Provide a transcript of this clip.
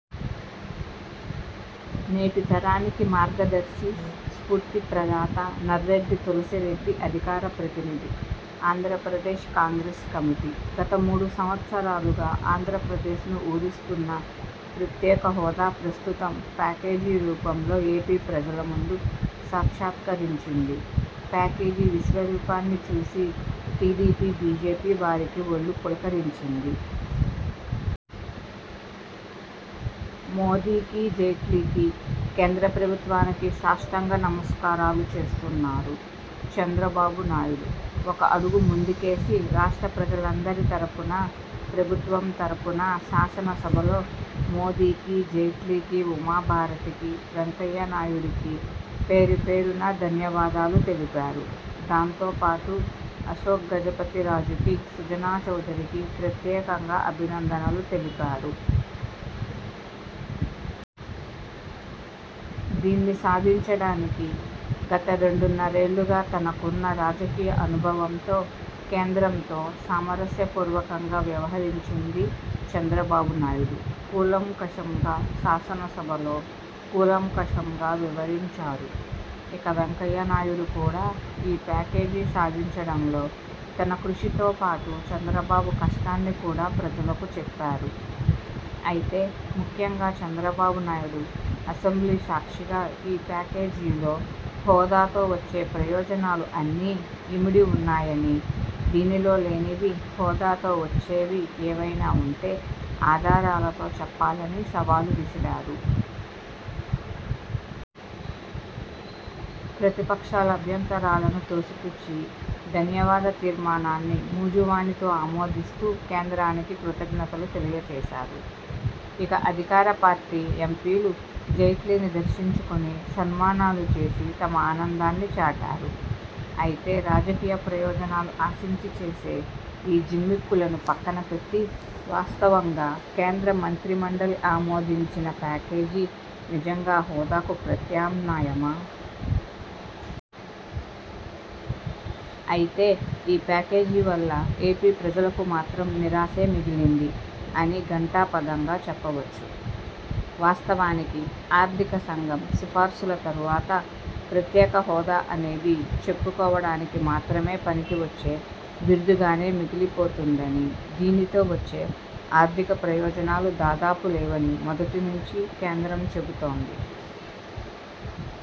నేటి తరానికి మార్గదర్శి, స్ఫూర్తి ప్రదాత. నర్రెడ్డి తులసిరెడ్డిఅధికార ప్రతినిధి, ఆంధ్రప్రదేశ్ కాంగ్రెస్ కమిటీ। గత మూడు సంవత్సరాలుగా ఆంధ్రప్రదేశ్ను ఊరిస్తున్న ప్రత్యేక హోదా ప్రస్తుతం ''ప్యాకేజీ'' రూపంలో ఏపీ ప్రజల ముందు సాక్షాత్కరించింది. ప్యాకేజీ విశ్వరూపాన్ని చూసి టీడీపీ- – బీజేపీ వారికి వొళ్ళు పులకరించింది. మోదీకి-, జైట్లీకి,- కేంద్ర ప్రభుత్వానికి సాష్టాంగ నమస్కారాలు చేస్తున్నారు. చంద్రబాబు నాయుడు ఒక అడుగు ముందుకేసి, రాష్ట్ర ప్రజలందరి తరపున, ప్రభుత్వం తరపున- శాసనసభలో -మోదీకి, జైట్లీకి, ఉమాభారతికి, వెంకయ్యనాయుడుకి పేరుపేరునా ధన్యవాదాలు తెలిపారు. దాంతోపాటు అశోక్ గజపతి రాజుకి, సుజనా చౌదరికి ప్రత్యేకంగా అభినందనలు తెలిపారు. దీన్ని సాధించడానికి గత రెండున్నరేళ్లుగా తనకున్న రాజకీయ అనుభవంతో కేంద్రంతో సామరస్యపూర్వకంగా వ్యవహరించిందీ చంద్రబాబు నాయుడు కూలంకషంగా శాసనసభలో కూలంకషంగా వివరించారు. ఇక వెంకయ్య నాయుడు కూడా, ఈ ప్యాకేజీ సాధించడంలో తన కృషితో పాటు చంద్రబాబు కష్టాన్ని కూడా ప్రజలకు చెప్పారు. అయితే ముఖ్యంగా చంద్రబాబు నాయుడు అసెంబ్లీ సాక్షిగా ఈ ప్యాకేజీలో హోదాతో వచ్చే ప్రయోజనాలు అన్నీ ఇమిడి ఉన్నాయని, దీనిలో లేనివి హోదాతో వచ్చేవి ఏవైనా ఉంటే ఆధారాలతో చెప్పాలని సవాలు విసిరారు. ప్రతిపక్షాల అభ్యంతరాలను తోసిపుచ్చి ధన్యవాద తీర్మానాన్ని మూజువాణితో ఆమోదిస్తూ- కేంద్రానికి కృతజ్ఞతలు తెలియచేసారు. ఇక అధికార పార్టీ ఎంపీలు జైట్లీని దర్శించుకొని -సన్మానాలు చేసి తమ ఆనందాన్ని చాటారు. అయితే రాజకీయ ప్రయోజనాలు ఆశించి చేసే ఈ జిమ్మిక్కులను పక్కన పెట్టి వాస్తవంగా కేంద్ర మంత్రిమండలి ఆమోదించిన ప్యాకేజీ నిజంగా హోదాకు ప్రత్యామ్నాయమా? అయితే ఈ ప్యాకేజీ వల్ల ఏపీ ప్రజలకు మాత్రం నిరాశే మిగిలింది అని ఘంటాపథంగా చెప్పవచ్చు. వాస్తవానికి ఆర్థిక సంఘం సిఫార్సుల తరువాత- ప్రత్యేక హోదా అనేది -చెప్పుకోవడానికి మాత్రమే పనికి వచ్చే బిరుదుగానే మిగిలిపోతుందనీ,- దీనితో వచ్చే ఆర్థిక ప్రయోజనాలు దాదాపు లేవని మొదటి నుంచి కేంద్రం చెబుతోంది.